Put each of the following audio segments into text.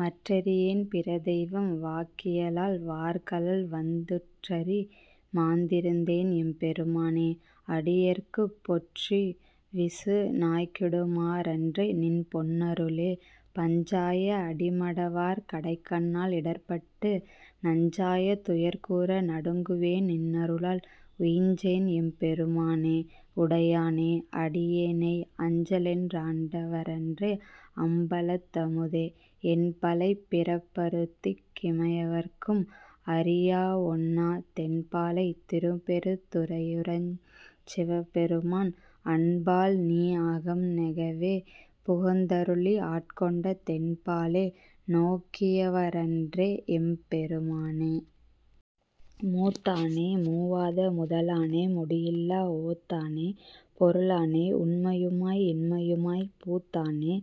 மற்றறியேன் பிறதெய்வம் வாக்கியலால் வார்கழல்வந் துற்றறிமாந் திருந்தேன்எம் பெருமானே அடியேற்குப் பொற்றிவிசு நாய்க்கிடுமா றன்றேநின் பொன்னருளே. பஞ்சாய அடிமடவார் கடைக்கண்ணால் இடர்ப்பட்டு நஞ்சாய துயர்கூர நடுங்குவேன் நின்னருளால் உய்ஞ்சேன் எம் பெருமானே உடையானே அடியேனை அஞ்சேலென் றாண்டவா றன்றேஅம் பலத்தமுதே. என்பலைப் பிறப்பறுத்திங் கிமையவர்க் கும் அறியவொண்ணா தென்பாலைத் திருப்பெருந் துறையுறையஞ் சிவபெருமான் அன்பால்நீ அகம்நெகவே புகுந்தருளி ஆட்கொண்ட தென்பாலே நோக்கியவா றன்றேஎம் பெருமானே. மூத்தானே மூவாத முதலானே முடியில்லா ஓத்தானே பொருளானே உண்மையுமாய் இன்மையுமாய்ப் பூத்தானே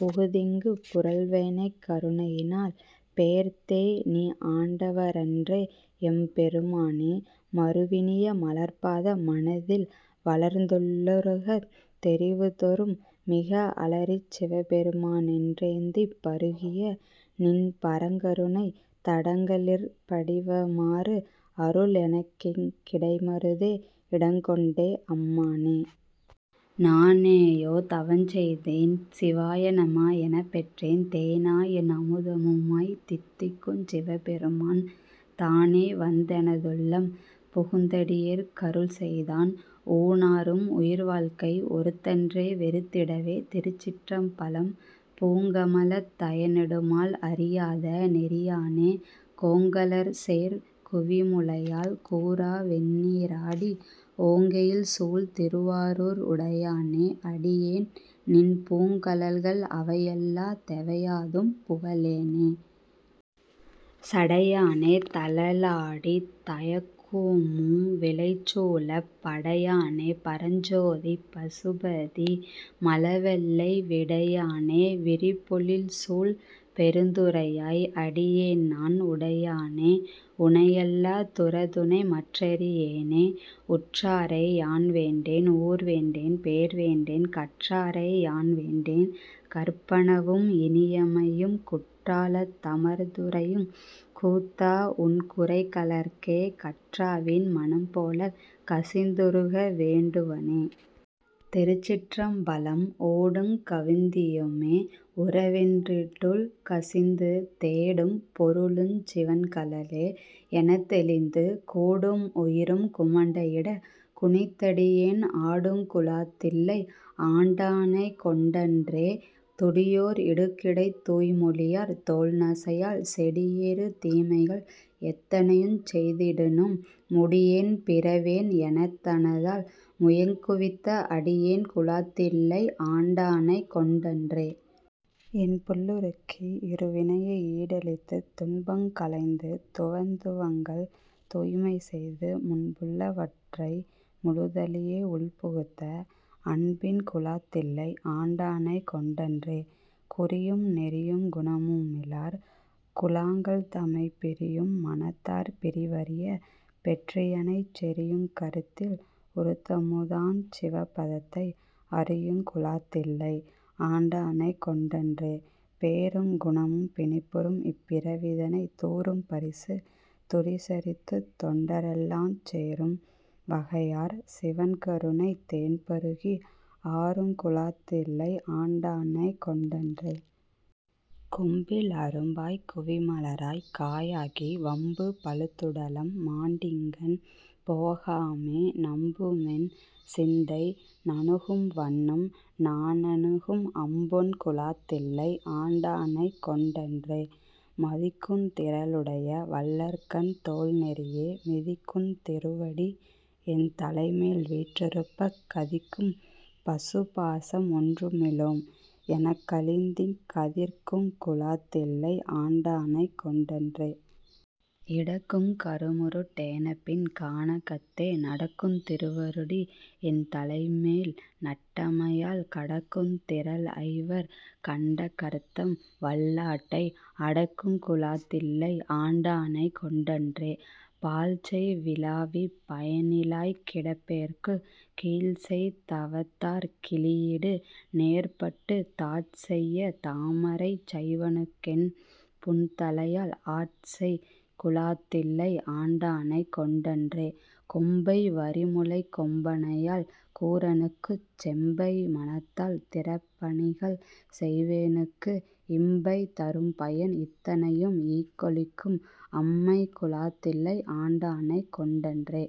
புகுந்திங்குப் புரள்வேனைக் கருணையினால் பேர்த்தேநீ ஆண்டவா றன்றேஎம் பெருமானே. மருவினிய மலர்ப்பாதம் மனத்தில்வளர்ந் துள்ளுருகத் தெருவுதொறும் மிக அலறிச் சிவபெருமா னென்றேத்திப் பருகியநின் பரங்கருணைத் தடங்கலிற் படிவாமாறு அருளெனக்கிங் கிடைமருதே இடங்கொண்ட அம்மானே. நானேயோ தவஞ் செய்தேன் சிவாயநம எனப்பெற்றேன் தேனாய்என் அமுதமுமாய்த் தித்திக்குஞ் சிவபெருமான் தானேவந் தெனதுள்ளம் புகுந்தடியேற் கருள்செய்தான் ஊனாரும் உயிர்வாழ்க்கை ஒறுத்தன்றே வெறுத்திடவே. திருச்சிற்றம்பலம் பூங்கமலத் தயனெடுமால் அறியாத நெறியானே கோங்கலர்சேர் குவிமுலையாள் கூறாவெண் ணீறாடி ஓங்கெயில்சூழ் திருவாரூர் உடையானே அடியேன்நின் பூங்கழல்கள் அவையல்லா தெவையாதும் புகழேனே. சடையானே தழலாடீ தயஇக்குமூ விலைச்சூலப் படையானே பரஞ்சோதீ பசுபதீ மழவெள்ளை விடையானே விரிபொழில்சூழ் பெருந்துறையாய் அடியேன்நான் உடையானே உனையல்லா துறதுணை மற் றறியேனே. உற்றாறை யான்வேண்டேன் ஊர்வேண்டேன் பேர்வேண்டேன் கற்றாறை யான்வேண்டேன் கற்பனவும் இனியமையும் குற்றாலத் தமர்ந்துறையுங் கூத்தாஉன் குரைகழற்கே கற்றாவின் மனம்போலக் கசிந்துருக வேண்டுவனே. திருச்சிற்றம்பலம் ஓடுங் கவந்தியுமே உறவென்றிட் டுள்கசிந்து தேடும் பொருளுஞ் சிவன்கழலே எனத்தெளிந்து கூடும் உயிரும் குமண்டையிடக் குனித்தடியேன் ஆடுங் குலாத்தில்லை ஆண்டானைக் கொண்டன்றே. துடியோர் இடுகிடைத் தூய்மொழியார் தோள்நசையால் செடியேறு தீமைகள் எத்தனையுஞ் செய்திடினும் முடியேன் பிறவேன் எனைத்தனதாள் முயங்குவித்த அடியேன் குலாத்தில்லை ஆண்டானைக் கொண்டன்றே. என்புள் ளுருக்கி இருவினையை ஈடழித்துத் துன்பங் களைந்து துவந்துவங்கள் தூய்மைசெய்து முன்புள்ள வற்றை முழுதழிய உள்புகுத்த அன்பின் குலாத்தில்லை ஆண்டானைக் கொண்டன்றே. குறியும் நெறியும் குணமுமிலார் குழாங்கள்தமைப் பிரியும் மனத்தார் பிரிவரிய பெற்றியனைச் செறியுங் கருத்தில் உருத்தமுதாஞ் சிவபதத்தை அறியுங் குலாத்தில்லை ஆண்டானைக் கொண்டன்றே. பேருங் குணமும் பிணிப்புறும்இப் பிறவிதனைத் தூரும் பரிசு துரிசறுத்துத் தொண்ட ரெல்லாஞ் சேரும் வகையாற் சிவன்கருணைத் தேன்பருகி ஆருங் குலாத்தில்லை ஆண்டானைக் கொண்டன்றே. கொம்பில் அரும்பாய்க் குவிமலராய்க் காயாகி வம்பு பழுத்துடலம் மாண்டிங்ஙன் போகாமே நம்புமென் சிந்தை நணுகும்வண்ணம் நானணுகும் அம்பொன் குலாத்தில்லை ஆண்டானைக் கொண்டன்றே. மதிக்குந் திறலுடைய வல்லரக்கன் தோள்நெரிய மிதிக்குந் திருவடி என் தலைமேல் வீற்றிருப்பக் கதிக்கும் பசுபாசம் ஒன்றுமிலோம் எனக்களித்திங் கதிர்க்குங் குலாத்தில்லை ஆண்டானைக் கொண்டன்றே. இடக்குங் கருமுருட் டேனப்பின் கானகத்தே நடக்குந் திருவடி என்தலைமேல் நட்டமையால் கடக்குந் திறல்ஐவர் கண்டகர்தம் வல்லாட்டை அடக்குங் குலாத்தில்லை ஆண்டானைக் கொண்டன்றே. பாழ்ச்செய் விளாவிப் பயனிலியாய்க் கிடப்பேற்குக் கீழ்ச்செய் தவத்தாற் கிழியீடு நேர்பட்டுத் தாட்செய்ய தாமரைச் சைவனுக்கென் புன்தலையால் ஆட்செய் குலாத்தில்லை ஆண்டானைக் கொண்டன்றே. கொம்மைபய் வரிமுலைக் கொம்பனையாள் கூறனுக்குச் செம்மை மனத்தால் திருப்பணிகள் செய்வேனுக்கு இம்பை தரும்பயன் இத்தனையும் ஈங்கொழிக்கும் அம்மை குலாத்தில்லை ஆண்டானைக் கொண்டன்றே.